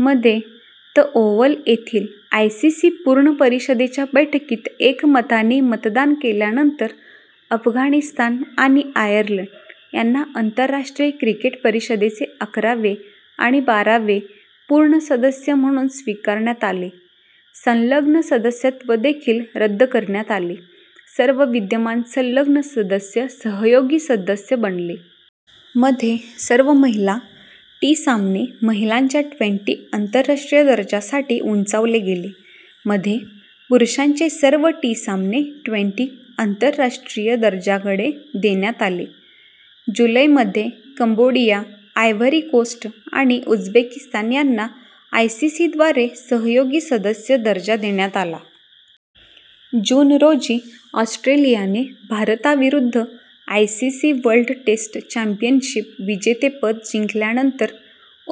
मध्ये, the Oval येथील ICC पूर्ण परिषदेच्या बैठकीत एकमताने मतदान केल्यानंतर अफगाणिस्तान आणि आयर्लंड यांना आंतरराष्ट्रीय क्रिकेट परिषदेचे अकरावे आणि बारावे पूर्ण सदस्य म्हणून स्वीकारण्यात आले. संलग्न सदस्यत्व देखील रद्द करण्यात आले, सर्व विद्यमान संलग्न सदस्य सहयोगी सदस्य बनले. मध्ये, सर्व महिला टी- सामने महिलांच्या ट्वेंटी- आंतरराष्ट्रीय दर्जासाठी उंचावले गेले. मध्ये, पुरुषांचे सर्व टी- सामने ट्वेन्टी- आंतरराष्ट्रीय दर्जाकडे नेण्यात आले. जुलै मध्ये, कंबोडिया, आयव्हरी कोस्ट, आणि उझबेकिस्तान यांना आयसीसीद्वारे सहयोगी सदस्य दर्जा देण्यात आला. जून रोजी, ऑस्ट्रेलियाने भारताविरुद्ध आयसीसी वर्ल्ड टेस्ट चॅम्पियनशिप विजेतेपद जिंकल्यानंतर,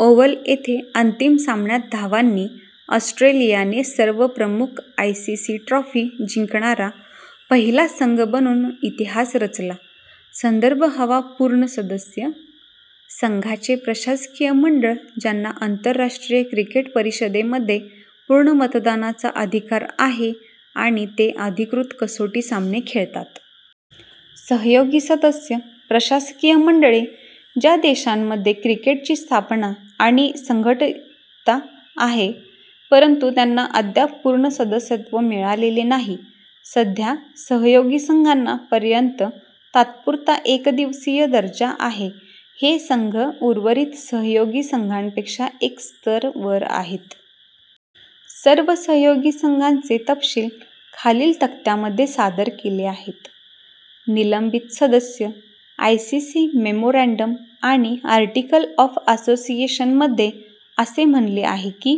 ओव्हल येथे अंतिम सामन्यात धावांनी, ऑस्ट्रेलियाने सर्व प्रमुख आयसीसीट्रॉफी जिंकणारा पहिला संघ बनून इतिहास रचला. संदर्भ हवा पूर्ण सदस्य – संघांचे प्रशासकीय मंडळ ज्यांना आंतरराष्ट्रीय क्रिकेट परिषदेमध्ये पूर्ण मतदानाचा अधिकार आहे आणि ते अधिकृत कसोटी सामने खेळतात. सहयोगी सदस्य – प्रशासकीय मंडळे ज्या देशांमध्ये क्रिकेटची स्थापना आणि संघटितता आहे, परंतु त्यांना अद्याप पूर्ण सदस्यत्व मिळालेले नाही. सध्या, सहयोगी संघांना पर्यंत तात्पुरता एकदिवसीय दर्जा आहे. हे संघ उर्वरित सहयोगी संघांपेक्षा एक स्तर वर आहेत. सर्व सहयोगी संघांचे तपशील खालील तक्त्यामध्ये सादर केले आहेत: निलंबित सदस्य – आयसीसी मेमोरँडम आणि आर्टिकल ऑफ असोसिएशनमध्ये असे म्हणले आहे की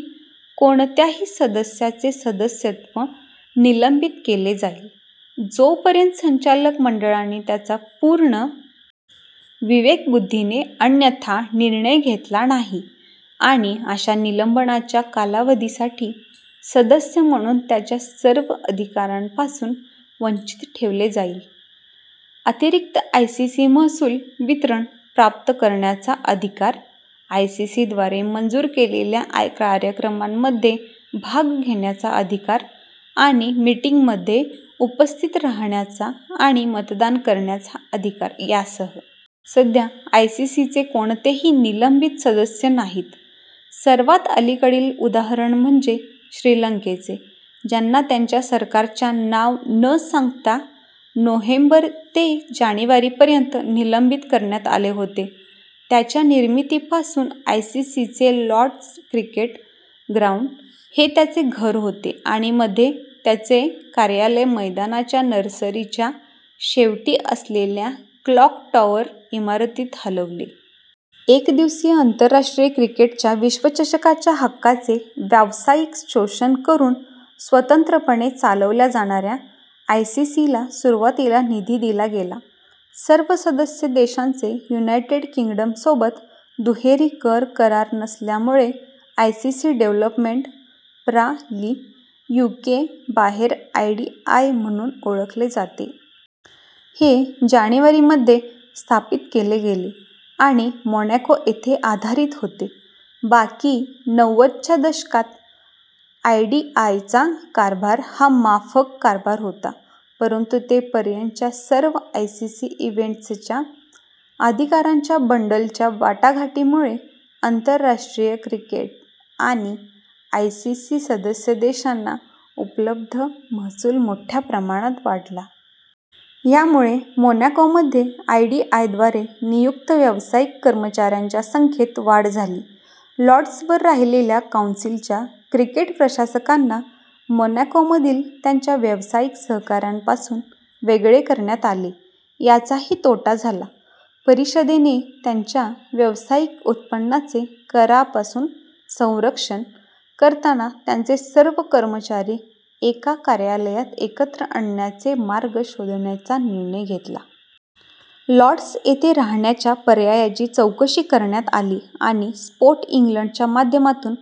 "कोणत्याही सदस्याचे सदस्यत्व निलंबित केले जाईल, जोपर्यंत संचालक मंडळाने त्याच्या पूर्ण विवेकबुद्धीने अन्यथा निर्णय घेतला नाही, आणि अशा निलंबनाच्या कालावधीसाठी, सदस्य म्हणून त्याच्या सर्व अधिकारांपासून वंचित ठेवले जाईल, अतिरिक्त आयसीसी महसूल वितरण प्राप्त करण्याचा अधिकार, आयसीसी द्वारे मंजूर केलेल्या कार्यक्रमांमध्ये भाग घेण्याचा अधिकार आणि मीटिंगमध्ये उपस्थित राहण्याचा आणि मतदान करण्याचा अधिकार यासह. सध्या आयसीसीचे कोणतेही निलंबित सदस्य नाहीत, सर्वात अलीकडील उदाहरण म्हणजे श्रीलंकेचे, ज्यांना त्यांच्या सरकारच्या नाव न सांगता नोव्हेंबर ते जानेवारी पर्यंत निलंबित करण्यात आले होते. त्याच्या निर्मितीपासून, आयसीसीचे लॉर्ड्स क्रिकेट ग्राउंड हे त्याचे घर होते आणि मध्ये त्याचे कार्यालय मैदानाच्या नर्सरीच्या शेवटी असलेल्या "क्लॉक टॉवर" इमारतीत हलवले. एकदिवसीय आंतरराष्ट्रीय क्रिकेटच्या विश्वचषकाच्या हक्कांचे व्यावसायिक शोषण करून स्वतंत्रपणे चालवल्या जाणाऱ्या आयसीसीला सुरुवातीला निधी दिला गेला. सर्व सदस्य देशांचे युनायटेड किंगडमसोबत दुहेरी-कर करार नसल्यामुळे, आयसीसी डेव्हलपमेंट प्रा. लि, यूके बाहेर आयडीआय म्हणून ओळखले जाते. हे जानेवारी मध्ये स्थापित केले गेले आणि मोनॅको येथे आधारित होते. बाकी नव्वदच्या दशकात आयडीआयचा कारभार हा माफक कारभार होता. परंतु ते पर्यंतच्या सर्व आयसीसी इव्हेंट्सच्या अधिकारांच्या बंडलच्या वाटाघाटीमुळे, आंतरराष्ट्रीय क्रिकेट आणि आयसीसी सदस्य देशांना उपलब्ध महसूल मोठ्या प्रमाणात वाढला. यामुळे मोनॅकोमध्ये आयडीआयद्वारे नियुक्त व्यावसायिक कर्मचाऱ्यांच्या संख्येत वाढ झाली. लॉर्ड्सवर राहिलेल्या कौन्सिलच्या क्रिकेट प्रशासकांना मोनॅकोमधील त्यांच्या व्यावसायिक सहकाऱ्यांपासून वेगळे करण्यात आले याचाही तोटा झाला. परिषदेने त्यांच्या व्यावसायिक उत्पन्नाचे करापासून संरक्षण करताना त्यांचे सर्व कर्मचारी एकाच कार्यालयात एकत्र आणण्याचे मार्ग शोधण्याचा निर्णय घेतला. लॉर्ड्स येथे राहण्याच्या पर्यायाची चौकशी करण्यात आली आणि स्पोर्ट इंग्लंडच्या माध्यमातून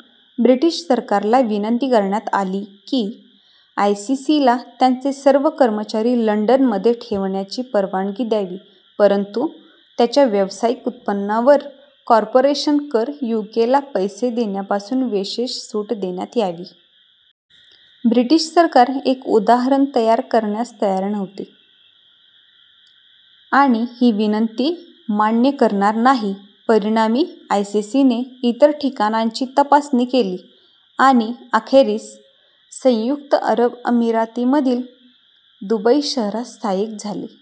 ब्रिटिश सरकारला विनंती करण्यात आली की, आयसीसीला त्यांचे सर्व कर्मचारी लंडनमध्ये ठेवण्याची परवानगी द्यावी परंतु त्याच्या व्यावसायिक उत्पन्नावर कॉर्पोरेशन कर यूकेला पैसे देण्यापासून विशेष सूट देण्यात यावी. ब्रिटिश सरकार एक उदाहरण तयार करण्यास तयार नव्हते आणि ही विनंती मान्य करणार नाही. परिणामी, आयसीसीने इतर ठिकाणांची तपासणी केली आणि अखेरीस संयुक्त अरब अमिरातीमधील दुबई शहरात स्थायिक झाले.